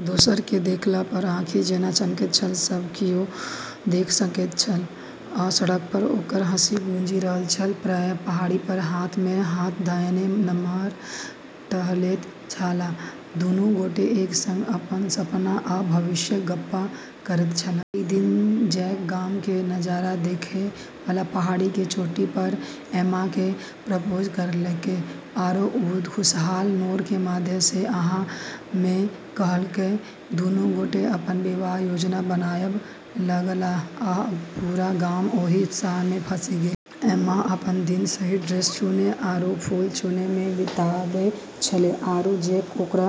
एक दोसरा के देखला पर आँखि जेना चमकैत छल से सब कियो देख सकैत छल, आ सड़क पर ओकर हँसी गूँजि रहल छल। प्रायः पहाड़ी पर हाथ मे हाथ धयने नम्हर टहलैत छलाह, दुनू गोटे एक संग अपन सपना आ भविष्यक गप्प करैत छलाह। एक दिन जैक गाम के नजारा देखै वाला पहाड़ी के चोटी पर एम्मा के प्रपोज करलकै, आरो वू खुशहाल नोर के माध्यम सें हाँ में कहलकै। दुनू गोटे अपन विवाहक योजना बनाबय लगलाह, आ पूरा गाम ओहि उत्साह मे फँसि गेल। एम्मा अपनऽ दिन सही ड्रेस चुनै आरू फूल चुनै म॑ बिताबै छेलै, आरू जैक ओकरा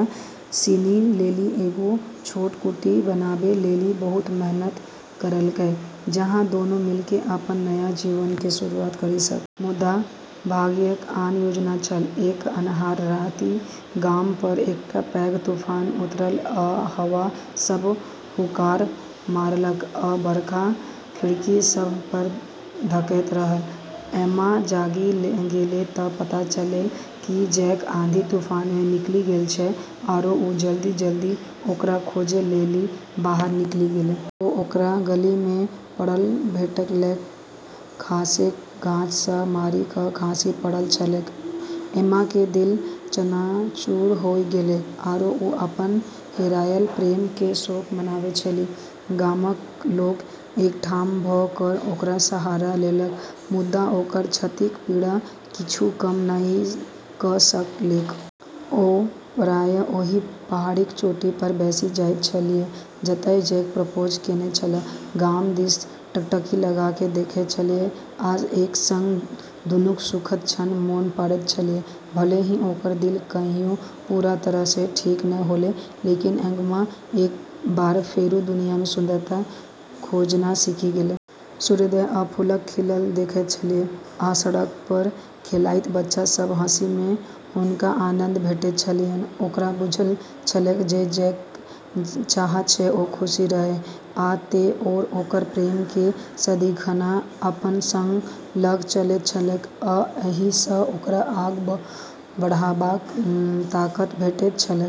सिनी लेली एगो छोटऽ कुटी बनाबै लेली बहुत मेहनत करलकै, जहाँ दोनों मिल क॑ अपनऽ नया जीवन के शुरुआत करी सक॑। मुदा भाग्यक आन योजना छल। एक अन्हार राति गाम पर एकटा पैघ तूफान उतरल आ हवा सभ हुंकार मारलक आ बरखा खिड़की सभ पर धड़कैत रहल। एम्मा जागि गेलै त' पता चललै कि जैक आंधी-तूफान में निकली गेलऽ छै, आरो वू जल्दी-जल्दी ओकरा खोजै लेली बाहर निकली गेलै। ओ ओकरा गली मे पड़ल भेटलैक, खसैत गाछ सँ मारि क' खसि पड़ल छलैक। एम्मा के दिल चकनाचूर होय गेलै, आरो वू अपनऽ हेरायलऽ प्रेम के शोक मनाबै छेली। गामक लोक एकठाम भ' क' ओकर सहारा लेलक, मुदा ओकर क्षतिक पीड़ा किछुओ कम नहि क' सकलैक। ओ प्रायः ओहि पहाड़ीक चोटी पर बैसि जाइत छलीह जतय जैक प्रपोज केने छल, गाम दिस टकटकी लगा क ' देखैत छलीह आ एक संग दुनूक सुखद क्षण मोन पाड़ैत छलीह। भले ही ओकरऽ दिल कहियो पूरा तरह सें ठीक नै होलै, लेकिन एम्मा एक बार फेरू दुनिया में सुंदरता खोजना सीखी गेलै। सूर्योदय आ फूलक खिलल देखैत छलीह, आ सड़क पर खेलाइत बच्चा सभक हँसी मे हुनका आनन्द भेटैत छलनि। ओकरा बुझल छलैक जे जैक चाहत जे ओ खुश रहय, आ तें ओ ओकर प्रेम केँ सदिखन अपना संग ल' क' चलैत छलैक, आ एहि सँ ओकरा आगू बढ़बाक ताकत भेटैत छलैक।